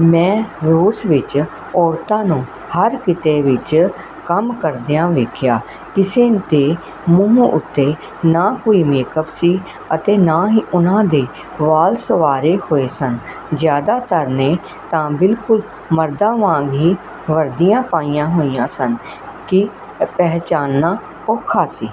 ਮੈਂ ਰੂਸ ਵਿੱਚ ਔਰਤਾਂ ਨੂੰ ਹਰ ਕਿੱਤੇ ਵਿੱਚ ਕੰਮ ਕਰਦਿਆਂ ਵੇਖਿਆ। ਕਿਸੇ ਦੇ ਮੂੰਹ ਉੱਤੇ ਨਾ ਕੋਈ ਮੇਕ-ਅੱਪ ਸੀ ਅਤੇ ਨਾ ਹੀ ਉਹਨਾਂ ਦੇ ਵਾਲ ਸੰਵਾਰੇ ਹੋਏ ਸਨ। ਜ਼ਿਆਦਾਤਰ ਨੇ ਤਾਂ ਬਿਲਕੁਲ ਮਰਦਾਂ ਵਾਂਗ ਹੀ ਵਰਦੀਆਂ ਪਾਈਆਂ ਹੋਈਆਂ ਸਨ ਕਿ ਪਹਿਚਾਨਣਾ ਔਖਾ ਸੀ।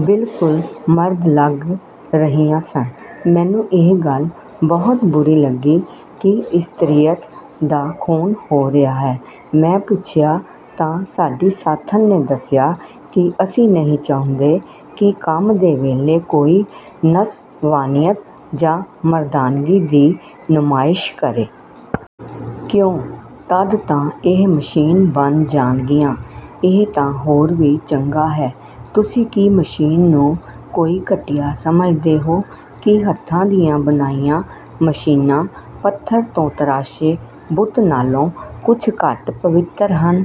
ਬਿਲਕੁਲ ਮਰਦ ਲੱਗ ਰਹੀਆਂ ਸਨ। ਮੈਨੂੰ ਇਹ ਗੱਲ ਬਹੁਤ ਬੁਰੀ ਲੱਗੀ ਕਿ 'ਇਸਤਰੀਅਤ' ਦਾ ਖੂਨ ਹੋ ਰਿਹਾ ਹੈ। ਮੈਂ ਪੁੱਛਿਆ ਤਾਂ ਸਾਡੀ ਸਾਥਣ ਨੇ ਦੱਸਿਆ ਕਿ 'ਅਸੀਂ ਨਹੀਂ ਚਾਹੁੰਦੇ ਕਿ ਕੰਮ ਦੇ ਵੇਲੇ ਕੋਈ 'ਨਸਵਾਨੀਅਤ' ਜਾਂ 'ਮਰਦਾਨਗੀ' ਦੀ ਨੁਮਾਇਸ਼ ਕਰੇ।' 'ਕਿਉਂ? ਤਦ ਤਾਂ ਇਹ ਮਸ਼ੀਨ ਬਣ ਜਾਣਗੀਆਂ।' 'ਇਹ ਤਾਂ ਹੋਰ ਵੀ ਚੰਗਾ ਹੈ। ਤੁਸੀਂ ਕੀ ਮਸ਼ੀਨ ਨੂੰ ਕੋਈ ਘਟੀਆ ਸਮਝਦੇ ਹੋ? ਕੀ ਹੱਥਾਂ ਦੀਆਂ ਬਣਾਈਆਂ ਮਸ਼ੀਨਾਂ ਪੱਥਰ ਤੋਂ ਤਰਾਸ਼ੇ ਬੁੱਤ ਨਾਲੋਂ ਕੁਝ ਘੱਟ ਪਵਿੱਤਰ ਹਨ?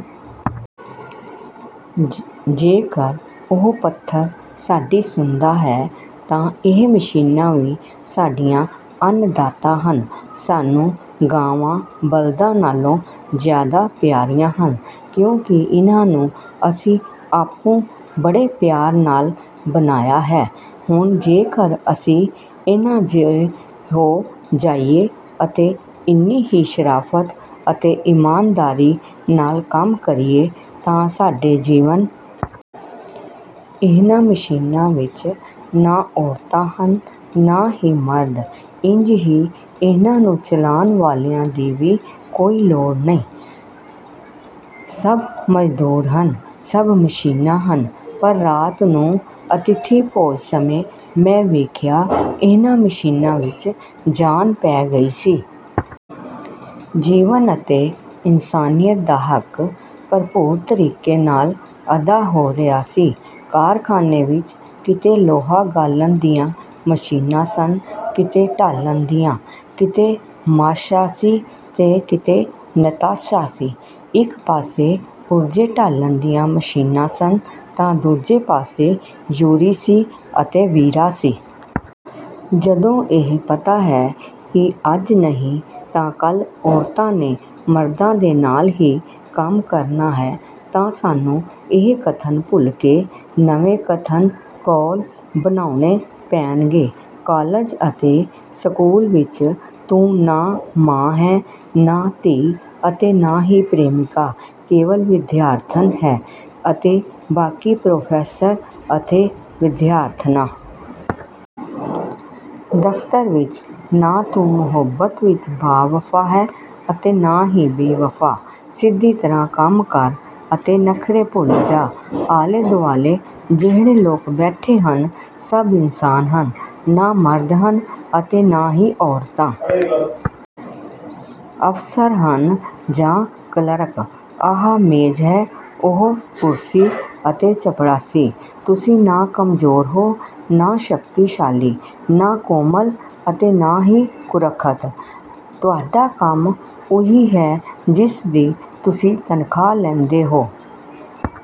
ਜੇਕਰ ਉਹ ਪੱਥਰ ਸਾਡੀ ਸੁਣਦਾ ਹੈ ਤਾਂ ਇਹ ਮਸ਼ੀਨਾਂ ਵੀ ਸਾਡੀਆਂ ਅੰਨ-ਦਾਤਾ ਹਨ। ਸਾਨੂੰ ਗਾਵਾਂ-ਬਲਦਾਂ ਨਾਲੋਂ ਜ਼ਿਆਦਾ ਪਿਆਰੀਆਂ ਹਨ। ਕਿਉਂਕਿ ਇਹਨਾਂ ਨੂੰ ਅਸੀਂ ਆਪੂੰ ਬੜੇ ਪਿਆਰ ਨਾਲ ਬਣਾਇਆ ਹੈ। ਹੁਣ ਜੇਕਰ ਅਸੀਂ ਇਹਨਾਂ ਜਿਹੇ ਹੋ ਜਾਈਏ ਅਤੇ ਇੰਨੀ ਹੀ ਸ਼ਰਾਫਤ ਅਤੇ ਈਮਾਨਦਾਰੀ ਨਾਲ ਕੰਮ ਕਰੀਏ ਤਾਂ ਸਾਡੇ ਜੀਵਨ ਦਾ ਮਕਸਦ ਪੂਰਾ ਹੋ ਜਾਵੇ। ਇਹਨਾਂ ਮਸ਼ੀਨਾਂ ਵਿੱਚ ਨਾ ਔਰਤਾਂ ਹਨ ਅਤੇ ਨਾ ਹੀ ਮਰਦ। ਇੰਝ ਹੀ ਇਹਨਾਂ ਨੂੰ ਚਲਾਉਣ ਵਾਲਿਆਂ ਦੀ ਵੀ ਕੋਈ ਲੋੜ ਨਹੀਂ। ਸਭ ਮਜ਼ਦੂਰ ਹਨ, ਸਭ ਮਸ਼ੀਨਾਂ ਹਨ।' ਪਰ ਰਾਤ ਨੂੰ ਅਤਿਥੀ-ਭੋਜ ਸਮੇਂ ਮੈਂ ਵੇਖਿਆ ਇਹਨਾਂ ਮਸ਼ੀਨਾਂ ਵਿੱਚ ਜਾਨ ਪੈ ਗਈ ਸੀ। ਜੀਵਨ ਅਤੇ ਇਨਸਾਨੀਅਤ ਦਾ ਹੱਕ ਭਰਪੂਰ ਤਰੀਕੇ ਨਾਲ ਅਦਾ ਹੋ ਰਿਹਾ ਸੀ। ਕਾਰਖਾਨੇ ਵਿੱਚ ਕਿਤੇ ਲੋਹਾ ਗਾਲ੍ਹਣ ਦੀਆਂ ਮਸ਼ੀਨਾਂ ਸਨ, ਕਿਤੇ ਢਾਲਣ ਦੀਆਂ, ਕਿਤੇ 'ਮਾਸ਼ਾ' ਸੀ ਤਾਂ ਕਿਤੇ 'ਨਤਾਸ਼ਾ' ਸੀ। ਇੱਕ ਪਾਸੇ ਪੁਰਜ਼ੇ ਢਾਲਣ ਦੀਆਂ ਮਸ਼ੀਨਾਂ ਸਨ ਤਾਂ ਦੂਜੇ ਪਾਸੇ 'ਯੂਰੀ' ਸੀ ਅਤੇ 'ਵੀਰਾ' ਸੀ। ਜਦੋਂ ਇਹ ਪਤਾ ਹੈ ਕਿ ਅੱਜ ਨਹੀਂ ਤਾਂ ਕੱਲ੍ਹ ਔਰਤਾਂ ਨੇ ਮਰਦਾਂ ਦੇ ਨਾਲ ਹੀ ਕੰਮ ਕਰਨਾ ਹੈ ਤਾਂ ਸਾਨੂੰ ਇਹ ਕਥਨ ਭੁੱਲ ਕੇ ਨਵੇਂ ਕਥਨ/ਕੌਲ ਬਣਾਉਣੇ ਪੈਣਗੇ:- ਕਾਲਜ ਅਤੇ ਸਕੂਲ ਵਿੱਚ ਤੂੰ ਨਾ ਮਾਂ ਹੈਂ ਨਾ ਧੀ ਅਤੇ ਨਾ ਹੀ ਪ੍ਰੇਮਿਕਾ--ਕੇਵਲ ਵਿਦਿਆਰਥਣ ਹੈਂ ਅਤੇ ਬਾਕੀ ਪ੍ਰੋਫੈਸਰ ਅਤੇ ਵਿਦਿਆਰਥਣਾਂ। ਦਫ਼ਤਰ ਵਿੱਚ ਨਾ ਤੂੰ ਮੁਹੱਬਤ ਵਿੱਚ ਬਾ-ਵਫ਼ਾ ਹੈਂ ਅਤੇ ਨਾ ਹੀ ਬੇ-ਵਫ਼ਾ। ਸਿੱਧੀ ਤਰ੍ਹਾਂ ਕੰਮ ਕਰ ਅਤੇ ਨਖ਼ਰੇ ਭੁੱਲ ਜਾ। ਆਲੇ-ਦੁਆਲੇ ਜਿਹੜੇ ਲੋਕ ਬੈਠੇ ਹਨ ਸਭ ਇਨਸਾਨ ਹਨ: ਨਾ ਮਰਦ ਹਨ ਅਤੇ ਨਾ ਹੀ ਔਰਤਾਂ। ਅਫਸਰ ਹਨ ਜਾਂ ਕਲਰਕ, ਆਹ ਮੇਜ਼ ਹੈ, ਔਹ ਕੁਰਸੀ ਅਤੇ ਚਪੜਾਸੀ। ਤੁਸੀਂ ਨਾ ਕਮਜ਼ੋਰ ਹੋ ਨਾ ਸ਼ਕਤੀਸ਼ਾਲੀ, ਨਾ ਕੋਮਲ ਅਤੇ ਨਾ ਹੀ ਕੁਰੱਖਤ। ਤੁਹਾਡਾ ਕੰਮ ਉਹੀ ਹੈ ਜਿਸਦੀ ਤੁਸੀਂ ਤਨਖ਼ਾਹ ਲੈਂਦੇ ਹੋ।